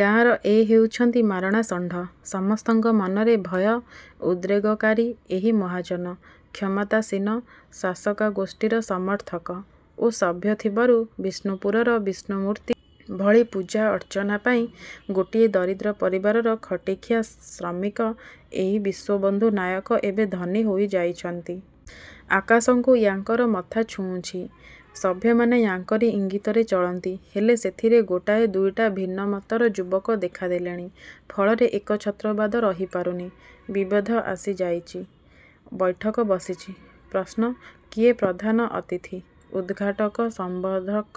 ଗାଁର ଏ ହେଉଛନ୍ତି ମାରଣା ଷଣ୍ଢ। ସମସ୍ତଙ୍କ ମନରେ ଭୟ ଉଦ୍ରେକକାରୀ ଏହି ମହାଜନ, କ୍ଷମତାସୀନ ଶାସକାଗୋଷ୍ଠୀର ସମର୍ଥକ ଓ ସଭ୍ୟ ଥିବାରୁ ବିଷ୍ଣୁପୁରର ବିଷ୍ଣୁ ମୂର୍ତ୍ତି ଭଳି ପୂଜା ଅର୍ଚ୍ଚନା ପାଇ ଗୋଟିଏ ଦରିଦ୍ର ପରିବାରର ଖଟିଖିଆ ଶ୍ରମିକ ଏଇ ବିଶ୍ଵବନ୍ଧୁ ନାୟକ ଏବେ ଧନୀ ହୋଇଯାଇଛନ୍ତି। ଆକାଶକୁ ୟାଙ୍କର ମଥା ଛୁଉଁଛି। ସଭ୍ୟମାନେ ୟାଙ୍କରି ଇଙ୍ଗିତରେ ଚଳନ୍ତି, ହେଲେ ସେଥିରେ ଗୋଟାଏ ଦୁଇଟା ଭିନ୍ନମତର ଯୁବକ ଦେଖାଦେଲେଣି; ଫଳରେ ଏକଛତ୍ରବାଦ ରହିପାରୁନି। ବିଭେଦ ଆସିଯାଇଛି। ବୈଠକ ବସିଛି। ପ୍ରଶ୍ନ.. କିଏ ପ୍ରଧାନ ଅତିଥି, ଉଦ୍ଘାଟକ, ସମ୍ବର୍ଦ୍ଧକ,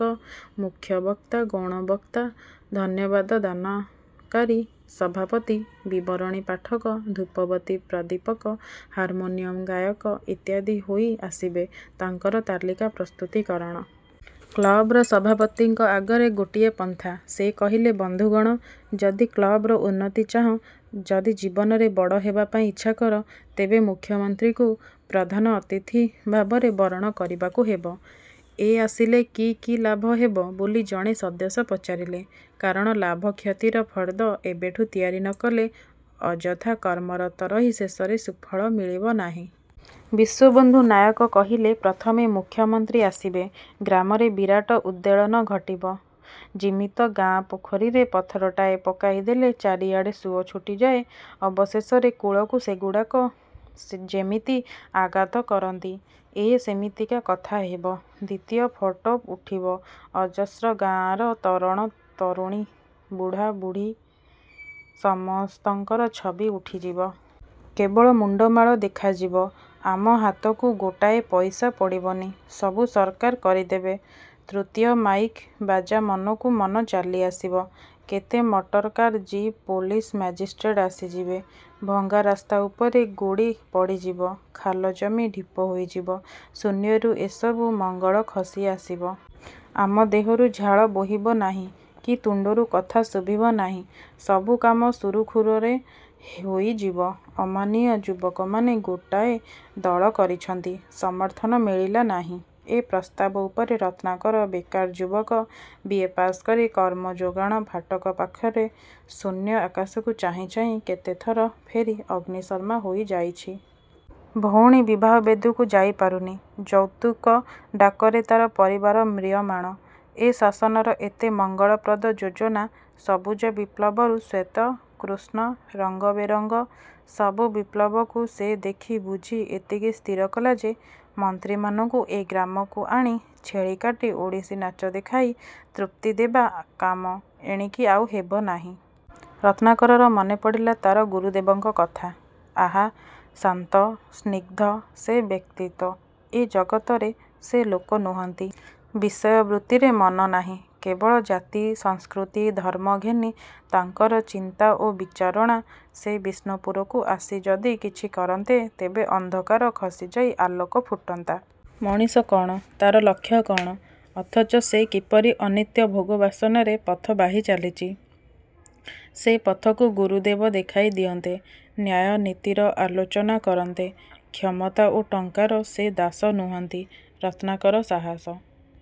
ମୁଖ୍ୟବକ୍ତା, ଗୌଣବକ୍ତା, ଧନ୍ୟବାଦ ଦାନକାରି, ସଭାପତି, ବିବରଣୀ ପାଠକ, ଧୂପବତୀ ପ୍ରଦୀପକ, ହାରମୋନିୟମ ଗାୟକ ଇତ୍ୟାଦି ହୋଇ ଆସିବେ-ତାଙ୍କର ତାଲିକା ପ୍ରସ୍ତୁତିକରଣ। କ୍ଳବର ସଭାପତିଙ୍କ ଆଗରେ ଗୋଟିଏ ପନ୍ଥା। ସେ କହିଲେ, ବନ୍ଧୁଗଣ, ଯଦି କ୍ଲବର ଉନ୍ନତି ଚାହଁ, ଯଦି ଜୀବନରେ ବଡ଼ ହେବାପାଇଁ ଇଛାକର, ତେବେ ମୁଖ୍ୟମନ୍ତ୍ରୀଙ୍କୁ ପ୍ରଧାନ ଅତିଥି ଭାବରେ ବରଣ କରିବାକୁ ହେବ। ଏ ଆସିଲେ କୀ କୀ ଲାଭ ହେବ ବୋଲି ଜଣେ ସଦସ୍ୟ ପଚାରିଲେ କାରଣ ଲାଭ କ୍ଷତିର ଫର୍ଦ୍ଦ ଏବେଠୁ ତିଆରି ନ କଲେ, ଅଯଥା କର୍ମରତ ରହି ଶେଷରେ ସୁଫଳ ମିଳିବନାହିଁ। ବିଶ୍ଵବନ୍ଧୁ ନାୟକ କହିଲେ-ପ୍ରଥମେ-ମୁଖ୍ୟମନ୍ତ୍ରୀ ଆସିବେ, ଗ୍ରାମରେ ବିରାଟ ଉଦ୍ବେଳନ ଘଟିବ, ଯିମିତ ଗାଁ ପୋଖରୀରେ ପଥରଟାଏ ପକାଇଦେଲେ ଚାରିଆଡ଼େ ସୁଅ ଛୁଟିଯାଏ; ଅବଶେଷରେ କୂଳକୁ ସେଗୁଡ଼ାକ ଯେମିତି ଆଘାତ କରନ୍ତି, ଏ ସେମିତିକା କଥା ହେବ। ଦ୍ଵିତୀୟ, ଫଟୋ ଉଠିବ ଅଜସ୍ର-ଗାଁର ତରୁଣ ତରୁଣୀ, ବୁଢ଼ା ବୁଢ଼ୀ ସମସ୍ତଙ୍କର ଛବି ଉଠିଯିବ। କେବଳ ମୁଣ୍ଡମାଳ ଦେଖାଯିବ। ଆମ ହାତକୁ, ଗୋଟାଏ ପଇସା ପଡ଼ିବନି-ସବୁ ସରକାର କରିଦେବେ। ତୃତୀୟ, ମାଇକ୍ ବାଜା ମନକୁ ମନ ଚାଲିଆସିବ। କେତେ ମଟରକାର, ଜିପ୍, ପୋଲିସ୍, ମାଜିଷ୍ଟ୍ରେଟ୍ ଆସିଯିବେ। ଭଙ୍ଗା ରାସ୍ତାଉପରେ ଗୋଡ଼ି ପଡ଼ିଯିବ। ଖାଲ ଜମି ଢିପ ହୋଇଯିବ। ଶୂନ୍ୟରୁ ଏସବୁ ମଙ୍ଗଳ ଖସି ଆସିବ। ଆମ ଦେହରୁ ଝାଳ ବୋହିବନାହିଁ କି ତୁଣ୍ଡରୁ କଥା ଶୁଭିବ ନାହିଁ। ସବୁ କାମ ସୁରୁଖୁରୁରେ ହୋଇଯିବ। ଅମାନିଆ ଯୁବକମାନେ ଗୋଟାଏ ଦଳ କରିଛନ୍ତି। ସମର୍ଥନ ମିଳିଲାନାହିଁ ଏ ପ୍ରସ୍ତାବ ଉପରେ ରତ୍ନାକର ବେକାର ଯୁବକ; ବି. ଏ. ପାଶ୍ କରି କର୍ମଯୋଗାଣ ଫାଟକ ପାଖରେ ଶୂନ୍ୟ ଆକାଶକୁ ଚାହିଁ ଚାହିଁ କେତେଥର ଫେରି ଅଗ୍ନିଶର୍ମା ହୋଇଯାଇଛି। ଭଉଣୀ ବିବାହ-ବେଦୀକୁ ଯାଇ ପାରୁନି, ଯୌତୁକ ଡାକରେ ତାର ପରିବାର ମ୍ରିୟମାଣ। ଏ ଶାସନର ଏତେ ମଙ୍ଗଳପ୍ରଦ ଯୋଜନା ସବୁଜ ବିପ୍ଳବରୁ ଶ୍ଵେତ, କୃଷ୍ଣ, ରଙ୍ଗବେରଙ୍ଗ ସବୁ ବିପ୍ଳବକୁ ସେ ଦେଖି, ବୁଝି, ଏତିକି ସ୍ଥିରକଲା ଯେ ମନ୍ତ୍ରୀମାନଙ୍କୁ ଏ ଗ୍ରାମକୁ ଆଣି ଛେଳି କାଟି, ଓଡ଼ିଶୀ ନାଚ ଦେଖାଇ ତୃପ୍ତି ଦେବା କାମ ଏଣିକି ଆଉ ହେବନାହିଁ। ରତ୍ନାକରର ମନେପଡ଼ିଲା ତାର ଗୁରୁଦେବଙ୍କ କଥା। ଆହା, ଶାନ୍ତ ସ୍ନିଗ୍ଧ ସେ ବ୍ୟକ୍ତିତ୍ଵ-! ଏ ଜଗତରେ ସେ ଲୋକ ନୁହନ୍ତି। ବିଷୟବୃତ୍ତିରେ ମନ ନାହିଁ। କେବଳ ଜାତି, ସଂସ୍କୃତି, ଧର୍ମ ଘେନି ତାଙ୍କର ଚିନ୍ତା ଓ ବିଚାରଣା। ସେ ବିଷ୍ଣୁପୁରକୁ ଆସି ଯଦି କିଛି କରନ୍ତେ, ତେବେ ଅନ୍ଧକାର ଖସିଯାଇ ଆଲୋକ ଫୁଟନ୍ତା। ମଣିଷ କଣ, ତାର ଲକ୍ଷ୍ୟ କଣ, ଅଥଚ ସେ କିପରି ଅନିତ୍ୟ ଭୋଗ-ବାସନାରେ ପଥ ବାହି ଚାଲିଛି-ସେ ପଥକୁ ଗୁରୁଦେବ ଦେଖାଇ ଦିଅନ୍ତେ; ନ୍ୟାୟ ନୀତିର ଆଲୋଚନା କରନ୍ତେ। କ୍ଷମତା ଓ ଟଙ୍କାର ସେ ଦାସ ନୁହନ୍ତି। ରତ୍ନାକର ସାହସ